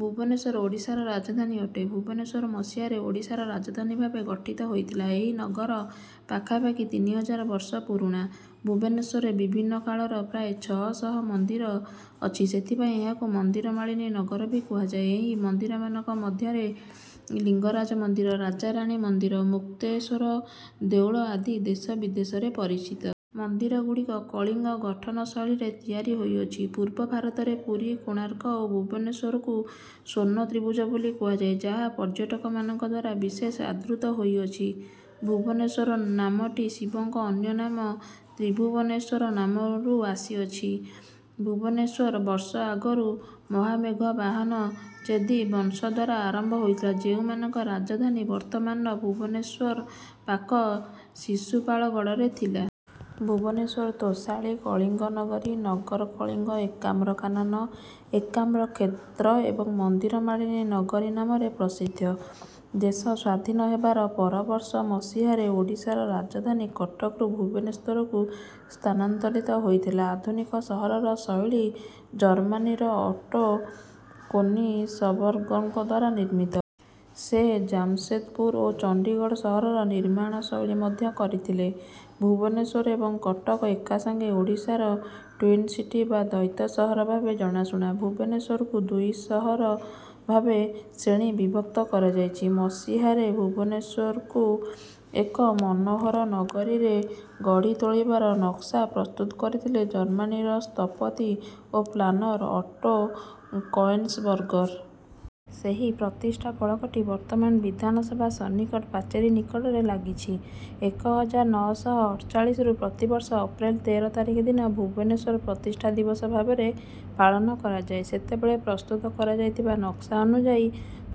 ଭୁବନେଶ୍ୱର ଓଡ଼ିଶାର ରାଜଧାନୀ ଅଟେ। ଭୁବନେଶ୍ୱର ମସିହାରେ ଓଡ଼ିଶାର ରାଜଧାନୀ ଭାବେ ଗଠିତ ହୋଇଥିଲା। ଏହି ନଗର ପାଖାପାଖି ତିନିହଜାର ବର୍ଷ ପୁରୁଣା। ଭୁବନେଶ୍ୱରରେ ବିଭିନ୍ନ କାଳର ପ୍ରାୟ ଛଅ ଶହ ମନ୍ଦିର ଅଛି ସେଥିପାଇଁ ଏହାକୁ ମନ୍ଦିର ମାଳିନୀ ନଗର ବି କୁହାଯାଏ। ଏହି ମନ୍ଦିରମାନଙ୍କ ମଧ୍ୟରେ ଲିଙ୍ଗରାଜ ମନ୍ଦିର, ରାଜାରାଣୀ ମନ୍ଦିର, ମୁକ୍ତେଶ୍ୱର ଦେଉଳ ଆଦି ଦେଶ ବିଦେଶରେ ପରିଚିତ। ମନ୍ଦିରଗୁଡିକ କଳିଙ୍ଗ ଗଠନଶୈଳୀରେ ତିଆରି ହୋଇଅଛି। ପୂର୍ବ ଭାରତରେ ପୁରୀ, କୋଣାର୍କ ଓ ଭୁବନେଶ୍ୱରକୁ ସ୍ୱର୍ଣ୍ଣ ତ୍ରିଭୁଜ ବୋଲି କୁହାଯାଏ, ଯାହା ପର୍ଯ୍ୟଟକମାନଙ୍କଦ୍ୱାରା ବିଶେଷ ଆଦୃତ ହୋଇଅଛି। ଭୁବନେଶ୍ୱର ନାମଟି ଶିବଙ୍କ ଅନ୍ୟନାମ ତ୍ରିଭୁବନେଶ୍ୱର ନାମରୁ ଆସିଅଛି। ଭୁବନେଶ୍ୱର ବର୍ଷ ଆଗରୁ ମହାମେଘ ବାହନ ଚେଦି ବଂଶଦ୍ୱାରା ଆରମ୍ଭ ହୋଇଥିଲା ଯେଉଁମାନଙ୍କ ରାଜଧାନୀ ବର୍ତ୍ତମାନର ଭୁବନେଶ୍ୱର ପାଖ ଶିଶୁପାଳଗଡ଼ରେ ଥିଲା। ଭୁବନେଶ୍ୱର ତୋଷାଳୀ, କଳିଙ୍ଗ ନଗରୀ, ନଗର କଳିଙ୍ଗ, ଏକାମ୍ର କାନନ, ଏକାମ୍ର କ୍ଷେତ୍ର ଏବଂ ମନ୍ଦିର ମାଳିନୀ ନଗରୀ ନାମରେ ପ୍ରସିଦ୍ଧ। ଦେଶ ସ୍ୱାଧୀନ ହେବାର ପରବର୍ଷ, ମସିହାରେ ଓଡ଼ିଶାର ରାଜଧାନୀ କଟକରୁ ଭୁବନେଶ୍ୱରକୁ ସ୍ଥାନାନ୍ତରିତ ହୋଇଥିଲା। ଆଧୁନିକ ସହରର ଶୈଳୀ ଜର୍ମାନୀର ଓଟୋ କୋନିସବର୍ଗରଙ୍କଦ୍ୱାରା ନିର୍ମିତ। ସେ ଜାମସେଦପୁର ଓ ଚଣ୍ଡୀଗଡ଼ ସହରର ନିର୍ମାଣ ଶୈଳୀ ମଧ୍ୟ କରିଥିଲେ। ଭୁବନେଶ୍ୱର ଏବଂ କଟକ ଏକାସାଙ୍ଗେ ଓଡ଼ିଶାର ଟ୍ୱିନ ସିଟି ବା ଦୈତ ସହର ଭାବେ ଜଣାଶୁଣା। ଭୁବନେଶ୍ୱରକୁ ଦୁଇ ସହର ଭାବେ ଶ୍ରେଣୀବିଭକ୍ତ କରାଯାଇଛି। ମସିହାରେ, ଭୁବନେଶ୍ୱରକୁ ଏକ ମନହୋର ନଗରୀରେ ଗଢି ତୋଳିବାର ନକ୍ସା ପ୍ରସ୍ତୁତ କରିଥିଲେ ଜର୍ମାନୀର ସ୍ଥପତି ଓ ପ୍ଲାନର ଅଟୋ କଏନ୍ସବର୍ଗର। ସେହି ପ୍ରତିଷ୍ଠା ଫଳକଟି ବର୍ତ୍ତମାନ ବିଧାନ ସଭା ସନ୍ନିକଟ ପାଚେରୀ ନିକଟରେ ଲାଗିଛି। ଏକ ହଜାର ନଅ ଶହ ଅଠଚାଳିଶି ରୁ ପ୍ରତିବର୍ଷ ଅପ୍ରେଲ ତେର ତାରିଖ ଦିନ, ଭୁବନେଶ୍ୱର ପ୍ରତିଷ୍ଠା ଦିବସ ଭାବରେ ପାଳନ କରାଯାଏ। ସେତେବେଳେ ପ୍ରସ୍ତୁତ କରାଯାଇଥିବା ନକ୍ସା ଅନୁଯାୟୀ,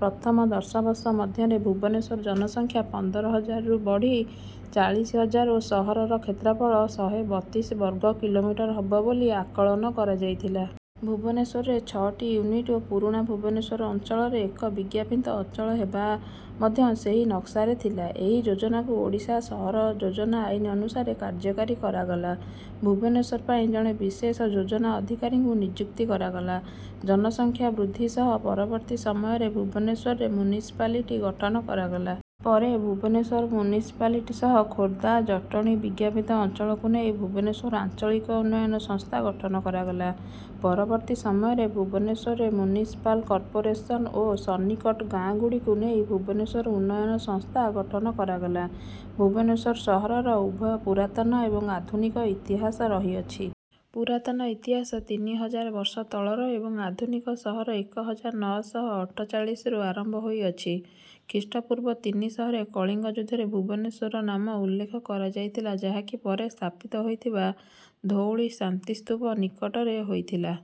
ପ୍ରଥମ ଦଶ ବର୍ଷ ମଧ୍ୟରେ ଭୁବନେଶ୍ୱର ଜନସଂଖ୍ୟା ପନ୍ଦର ହଜାରରୁ ବଢି ଚାଳିଶ ହଜାର ଓ ସହରର କ୍ଷେତ୍ରଫଳ ଶହେ ବତିଶ ବର୍ଗ କିଲୋମିଟର ହବ ବୋଲି ଆକଳନ କରାଯାଇଥିଲା। ଭୁବନେଶ୍ୱରରେ ଛଅଟି ୟୁନିଟ ଓ ପୁରୁଣା ଭୁବନେଶ୍ୱର ଅଞ୍ଚଳରେ ଏକ ବିଜ୍ଞାପିତ ଅଞ୍ଚଳ ହେବା ମଧ୍ୟ ସେହି ନକ୍ସାରେ ଥିଲା। ଏହି ଯୋଜନାକୁ ଓଡ଼ିଶା ସହର ଯୋଜନା ଆଇନ ଅନୁସାରେ କାର୍ଯ୍ୟକାରି କରାଗଲା। ଭୁବନେଶ୍ୱର ପାଇଁ ଜଣେ ବିଶେଷ ଯୋଜନା ଅଧିକାରୀଙ୍କୁ ନିଯୁକ୍ତ କରାଗଲା। ଜନସଂଖ୍ୟା ବୃଦ୍ଧି ସହ ପରବର୍ତ୍ତୀ ସମୟରେ, ଭୁବନେଶ୍ୱରରେ ମୁନିସିପାଲିଟି ଗଠନ କରାଗଲା। ପରେ ଭୁବନେଶ୍ୱର ମୁନିସିପାଲିଟି ସହ ଖୋର୍ଦ୍ଦା, ଜଟଣୀ ବିଜ୍ଞାପିତ ଅଞ୍ଚଳକୁ ନେଇ ଭୁବନେଶ୍ୱର ଆଞ୍ଚଳିକ ଉନ୍ନୟନ ସଂସ୍ଥା ଗଠନ କରାଗଲା। ପରବର୍ତ୍ତୀ ସମୟରେ, ଭୁବନେଶ୍ୱରରେ ମୁନିସିପାଲ କର୍ପୋରେସନ ଓ ସନ୍ନିକଟ ଗାଁଗୁଡିକୁ ନେଇ ଭୁବନେଶ୍ୱର ଉନ୍ନୟନ ସଂସ୍ଥା ଗଠନ କରାଗଲା। ଭୁବନେଶ୍ୱର ସହରର ଉଭୟ ପୁରାତନ ଏବଂ ଆଧୁନିକ ଇତିହାସ ରହିଅଛି। ପୁରାତନ ଇତିହାସ ତିନି ହଜାର ବର୍ଷ ତଳର ଏବଂ ଆଧୁନିକ ସହର ଏକ ହଜାର ନଅ ଶହ ଅଠଚାଳିଶି ରୁ ଆରମ୍ଭ ହୋଇ ଅଛି। ଖ୍ରୀଷ୍ଟପୂର୍ବ ତିନି ଶହ ରେ କଳିଙ୍ଗ ଯୁଦ୍ଧରେ ଭୁବନେଶ୍ୱରର ନାମ ଉଲ୍ଲେଖ କରାଯାଇଥିଲା ଯାହାକି ପରେ ସ୍ଥାପିତ ହୋଇଥିବା ଧଉଳି ଶାନ୍ତିସ୍ତୁପ ନିକଟରେ ହୋଇଥିଲା।